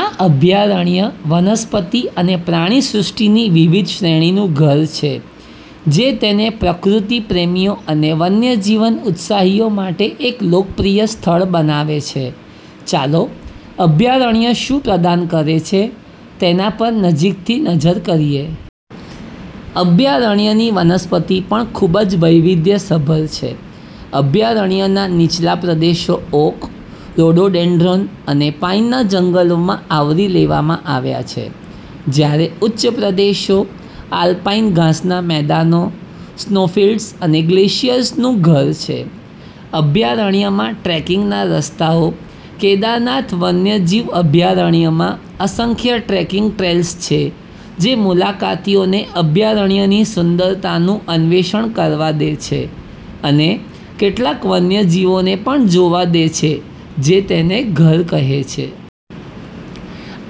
આ અભયારણ્ય વનસ્પતિ અને પ્રાણીસૃષ્ટિની વિવિધ શ્રેણીનું ઘર છે જે તેને પ્રકૃતિ પ્રેમીઓ અને વન્યજીવન ઉત્સાહીઓ માટે એક લોકપ્રિય સ્થળ બનાવે છે. ચાલો અભયારણ્ય શું પ્રદાન કરે છે તેના પર નજીકથી નજર કરીએ. અભયારણ્યની વનસ્પતિ પણ ખૂબ જ વૈવિધ્યસભર છે. અભયારણ્યના નીચલા પ્રદેશો ઓક, રોડોડેન્ડ્રોન અને પાઈનના જંગલોમાં આવરી લેવામાં આવ્યા છે, જ્યારે ઉચ્ચ પ્રદેશો આલ્પાઈન ઘાસના મેદાનો, સ્નોફિલ્ડ્સ અને ગ્લેશિયર્સનું ઘર છે. અભયારણ્યમાં ટ્રેકિંગના રસ્તાઓ કેદારનાથ વન્યજીવ અભયારણ્યમાં અસંખ્ય ટ્રેકિંગ ટ્રેલ્સ છે જે મુલાકાતીઓને અભયારણ્યની સુંદરતાનું અન્વેષણ કરવા દે છે અને કેટલાક વન્યજીવોને પણ જોવા દે છે જે તેને ઘર કહે છે.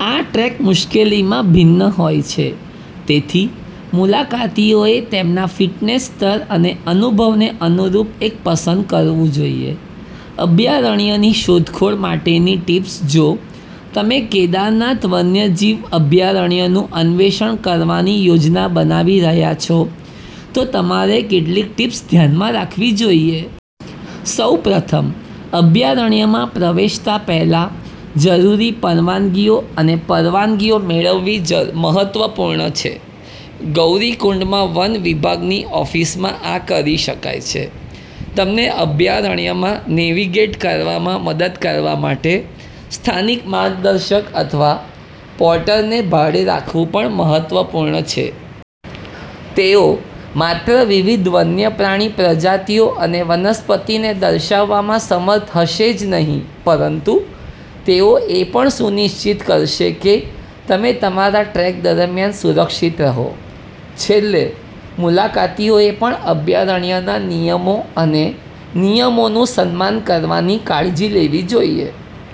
આ ટ્રેક મુશ્કેલીમાં ભિન્ન હોય છે, તેથી મુલાકાતીઓએ તેમના ફિટનેસ સ્તર અને અનુભવને અનુરૂપ એક પસંદ કરવું જોઈએ. અભયારણ્યની શોધખોળ માટેની ટિપ્સ જો તમે કેદારનાથ વન્યજીવ અભયારણ્યનું અન્વેષણ કરવાની યોજના બનાવી રહ્યા છો, તો તમારે કેટલીક ટીપ્સ ધ્યાનમાં રાખવી જોઈએ. સૌપ્રથમ, અભયારણ્યમાં પ્રવેશતા પહેલા જરૂરી પરવાનગીઓ અને પરવાનગીઓ મેળવવી મહત્વપૂર્ણ છે. ગૌરીકુંડમાં વન વિભાગની ઓફિસમાં આ કરી શકાય છે. તમને અભયારણ્યમાં નેવિગેટ કરવામાં મદદ કરવા માટે સ્થાનિક માર્ગદર્શક અથવા પોર્ટરને ભાડે રાખવું પણ મહત્વપૂર્ણ છે. તેઓ માત્ર વિવિધ વન્યપ્રાણી પ્રજાતિઓ અને વનસ્પતિને દર્શાવવામાં સમર્થ હશે જ નહીં, પરંતુ તેઓ એ પણ સુનિશ્ચિત કરશે કે તમે તમારા ટ્રેક દરમિયાન સુરક્ષિત રહો. છેલ્લે, મુલાકાતીઓએ પણ અભયારણ્યના નિયમો અને નિયમોનું સન્માન કરવાની કાળજી લેવી જોઈએ.